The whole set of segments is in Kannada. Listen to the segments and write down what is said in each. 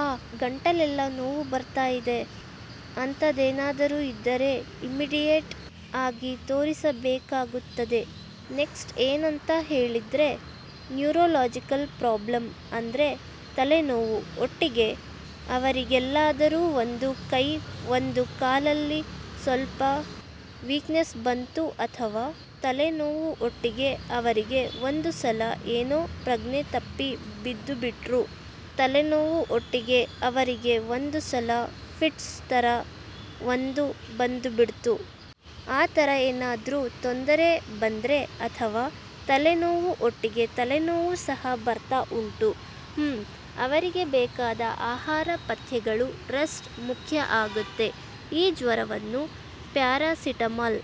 ಆ ಗಂಟಲ್ಲೆಲ್ಲ ನೋವು ಬರ್ತಾ ಇದೆ ಅಂತದೇನಾದರು ಇದ್ದರೆ ಇಮ್ಮಿಡಿಯೇಟ್ ಆಗಿ ತೋರಿಸಬೇಕಾಗುತ್ತದೆ. ನೆಕ್ಸ್ಟ್ ಎನ್ ಅಂತ ಹೇಳಿದ್ರೆ ನ್ಯೂರೋಲಾಜಿಕಲ್ ಪ್ರಾಬ್ಲಮ್ ಅಂದ್ರೆ ತಲೆನೋವು ಒಟ್ಟಿಗೆ ಅವರಿಗೆಲ್ಲಾದರೂ ಒಂದು ಕೈ ಒಂದು ಕಾಲಲ್ಲಿ ಸ್ವಲ್ಪ ವೀಕ್ನೆಸ್ ಬಂತು ಅಥವಾ ತಲೆನೋವು ಒಟ್ಟಿಗೆ ಅವರಿಗೆ ಒಂದು ಸಲ ಏನೋ ಪ್ರಜ್ಞೆ ತಪ್ಪಿ ಬಿದ್ದುಬಿಟ್ರು ತಲೆನೋವು ಒಟ್ಟಿಗೆ ಅವರಿಗೆ ಒಂದು ಸಲ ಫಿಟ್ಸ್ ತರ ಒಂದು ಬಂದುಬಿಡ್ತು. ಆ ತರ ಏನಾದ್ರು ತೊಂದರೆ ಬಂದ್ರೆ ಅಥವಾ ತಲೆನೋವು ಒಟ್ಟಿಗೆ ತಲೆನೋವು ಸಹ ಬರ್ತಾ ಉಂಟು. ಹ್ಮ್. ಅವರಿಗೆ ಬೇಕಾದ ಆಹಾರ ಪಥ್ಯಗಳು ರೆಸ್ಟ್ ಮುಖ್ಯ ಆಗುತ್ತೆ. ಈ ಜ್ವರವನ್ನು ಪ್ಯಾರಾಸಿಟಮಲ್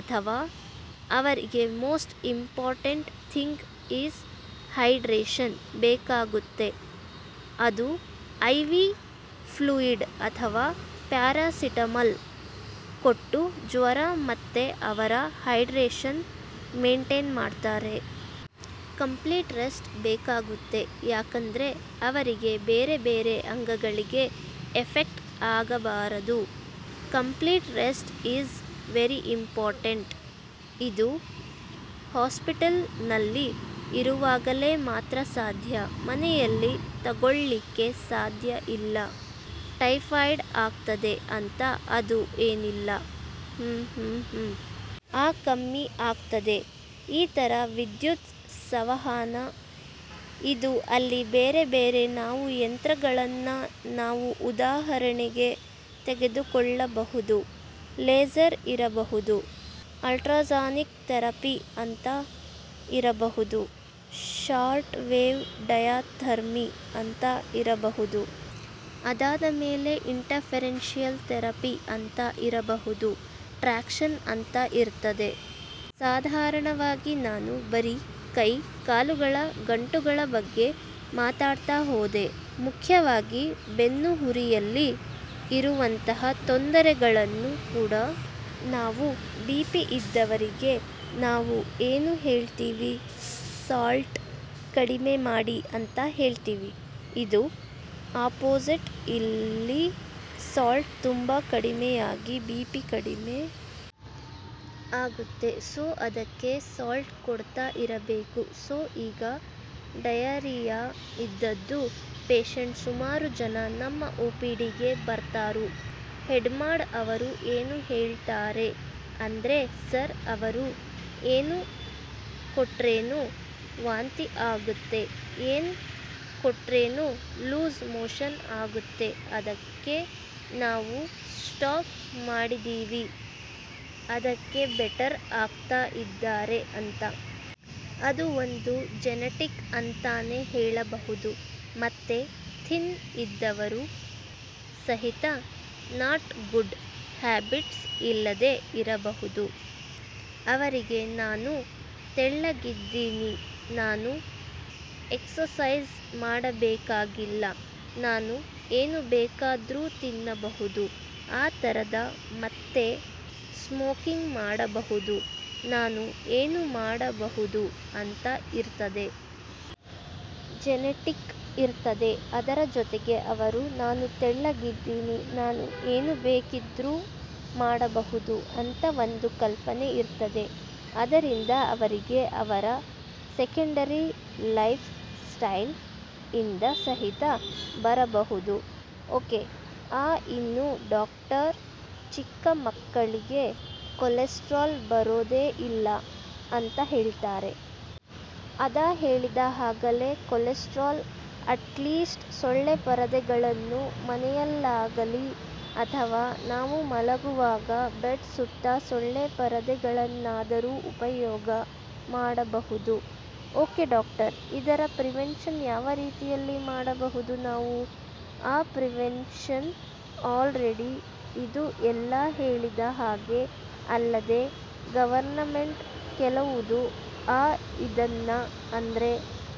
ಅಥವಾ ಅವರಿಗೆ most important thing is hydration ಬೇಕಾಗುತ್ತೆ. ಅದು ಐವಿ ಫ್ಲೂಯಿಡ್ ಅಥವಾ ಪ್ಯಾರಾಸಿಟಮಲ್ ಕೊಟ್ಟು ಜ್ವರ ಮತ್ತೆ ಅವರ ಹೈಡ್ರೇಶನ್ ಮೇಂಟೈನ್ ಮಾಡ್ತಾರೆ. ಕಂಪ್ಲೀಟ್ ರೆಸ್ಟ್ ಬೇಕಾಗುತ್ತೆ. ಯಾಕಂದ್ರೆ ಅವರಿಗೆ ಬೇರೆ ಬೇರೆ ಅಂಗಗಳಿಗೆ ಎಫೆಕ್ಟ್ ಆಗಬಾರದು. Complete rest is very important. ಇದು ಹಾಸ್ಪಿಟಲ್ ನಲ್ಲಿ ಇರುವಾಗಲೇ ಮಾತ್ರ ಸಾಧ್ಯ ಮನೆಯಲ್ಲಿ ತಗೊಳ್ಳಿಕ್ಕೆ ಸಾಧ್ಯ ಇಲ್ಲ. ಟೈಫಾಯ್ಡ್ ಆಗ್ತದೆ ಅಂತ ಅದು ಏನಿಲ್ಲ. ಹ್ ಹ್ ಹ್. ಆ ಕಮ್ಮಿ ಆಗ್ತದೆ. ಈ ತರ ವಿದ್ಯುತ್ ಸವಹಾನ, ಇದು ಅಲ್ಲಿ ಬೇರೆ ಬೇರೆ ನಾವು ಯಂತ್ರಗಳನ್ನ ನಾನು ಉದಾಹರಣೆಗೆ ತೆಗೆದುಕೊಳ್ಳಬಹುದು. ಲೇಸರ್ ಇರಬಹುದು, ಅಲ್ಟ್ರಾಸಾನಿಕ್ ಥೆರಪಿ ಅಂತ ಇರಬಹುದು, ಶಾರ್ಟ್ ವೇವ್ ಡಯಥರ್ಮಿ ಅಂತ ಇರಬಹುದು. ಅದಾದಮೇಲೆ ಇಂಟರ್ಫೆರೆನ್ಸಿಯಲ್ ಥೆರಪಿ ಅಂತ ಇರಬಹುದು. ಟ್ರಾಕ್ಷನ್ ಅಂತ ಇರ್ತದೆ. ಸಾಧಾರಣವಾಗಿ ನಾನು ಬರೀ ಕೈ ಕಾಲುಗಳ ಗಂಟುಗಳ ಬಗ್ಗೆ ಮಾತಾಡ್ತಾ ಹೋದೆ. ಮುಖ್ಯವಾಗಿ ಬೆನ್ನುಹುರಿಯಲ್ಲಿ ಇರುವಂತಹ ತೊಂದರೆಗಳನ್ನು ಕೂಡ ನಾವು ಬಿಪಿ ಇದ್ದವರಿಗೆ ನಾವು ಏನು ಹೇಳ್ತಿವಿ ಸಾಲ್ಟ್ ಕಡಿಮೆ ಮಾಡಿ ಅಂತ ಹೇಳ್ತಿವಿ ಇದು ಅಪೋಸಿಟ್ ಇಲ್ಲಿ ಸಾಲ್ಟ್ ತುಂಬಾ ಕಡಿಮೆಯಾಗಿ ಬಿಪಿ ಕಡಿಮೆ ಆಗುತ್ತೆ ಸೊ ಅದಕ್ಕೆ ಸಾಲ್ಟ್ ಕೊಡ್ತಾ ಇರಬೇಕು ಸೊ ಈಗ ಡಯರಿಯಾ ಇದ್ದದ್ದು ಪೇಷಂಟ್ ಸುಮಾರು ಜನ ನಮ್ಮ ಓಪಿಡಿಗೆ ಬರ್ತಾರು ಹೆಡ್ಮಾಡ್ ಅವರು ಏನು ಹೇಳ್ತಾರೆ ಅಂದ್ರೆ ಸರ್ ಅವರು ಏನು ಕೊಟ್ರೇನು ವಾಂತಿ ಆಗುತ್ತೆ ಏನ್ ಕೊಟ್ರೇನು ಲೂಸ್ ಮೋಷನ್ ಆಗುತ್ತೆ ಅದಕ್ಕೆ ನಾವು ಸ್ಟಾಪ್ ಮಾಡಿದೀವಿ ಅದಕ್ಕೆ ಬೆಟರ್ ಆಗ್ತಾ ಇದ್ದಾರೆ ಅಂತ. ಅದು ಒಂದು ಜೆನೆಟಿಕ್ ಅಂತಾನೆ ಹೇಳಬಹುದು, ಮತ್ತೆ ಥಿನ್ ಇದ್ದವರು ಸಹಿತ ನಾಟ್ ಗುಡ್ ಹ್ಯಾಬಿಟ್ಸ್ ಇಲ್ಲದೆ ಇರಬಹುದು. ಅವರಿಗೆ ನಾನು ತೆಳ್ಳಗಿದ್ದೀನಿ ನಾನು ಎಕ್ಸಸೈಜ್ ಮಾಡಬೇಕಾಗಿಲ್ಲ, ನಾನು ಏನು ಬೇಕಿದ್ರೂ ತಿನ್ನಬಹುದು, ಆ ತರದ ಮತ್ತೆ ಸ್ಮೋಕಿಂಗ್ ಮಾಡಬಹುದು, ನಾನು ಏನು ಮಾಡಬಹುದು ಅಂತ ಇರ್ತದೆ. ಜೆನೆಟಿಕ್ ಇರ್ತದೆ, ಅದರ ಜೊತೆಗೆ ಅವರು ನಾನು ತೆಳ್ಳಗಿದ್ದೀನಿ ನಾನು ಏನು ಬೇಕಿದ್ರೂ ಮಾಡಬಹುದು ಅಂತ ಒಂದು ಕಲ್ಪನೆ ಇರ್ತದೆ. ಅದರಿಂದ ಅವರಿಗೆ ಅವರ ಸೆಕೆಂಡರಿ ಲೈಫ್ ಸ್ಟೈಲ್ ಇಂದ ಸಹಿತ ಬರಬಹುದು. ಓಕೆ. ಆ ಇನ್ನು ಡಾಕ್ಟರ್ ಚಿಕ್ಕ ಮಕ್ಕಳಿಗೆ ಕೊಲೆಸ್ಟ್ರಾಲ್ ಬರೋದೇ ಇಲ್ಲ ಅಂತ ಹೇಳ್ತಾರೆ. ಅದ ಹೇಳಿದ ಹಾಗೆ ಕೊಲೆಸ್ಟ್ರಾಲ್ ಅಟ್ಲೀಸ್ಟ್ ಸೊಳ್ಳೆ ಪರದೆಗಳನ್ನು ಮನೆಯಲ್ಲಾಗಲಿ ಅಥವಾ ನಾವು ಮಲಗುವಾಗ ಬೆಡ್ ಸುತ್ತ ಸೊಳ್ಳೆ ಪರದೆಗಳನ್ನಾದರೂ ಉಪಯೋಗ ಮಾಡಬಹುದು. ಓಕೆ ಡಾಕ್ಟರ್, ಇದರ ಪ್ರಿವೆನ್ಷನ್ ಯಾವ ರೀತಿಯಲ್ಲಿ ಮಾಡಬಹುದು ನಾವು? ಆ ಪ್ರಿವೆನ್ಷನ್ ಆಲ್ರೆಡಿ ಇದು ಎಲ್ಲಾ ಹೇಳಿದ ಹಾಗೆ ಅಲ್ಲದೆ ಗವರ್ನಮೆಂಟ್ ಕೆಲವುದು ಆ ಇದನ್ನ ಅಂದ್ರೆ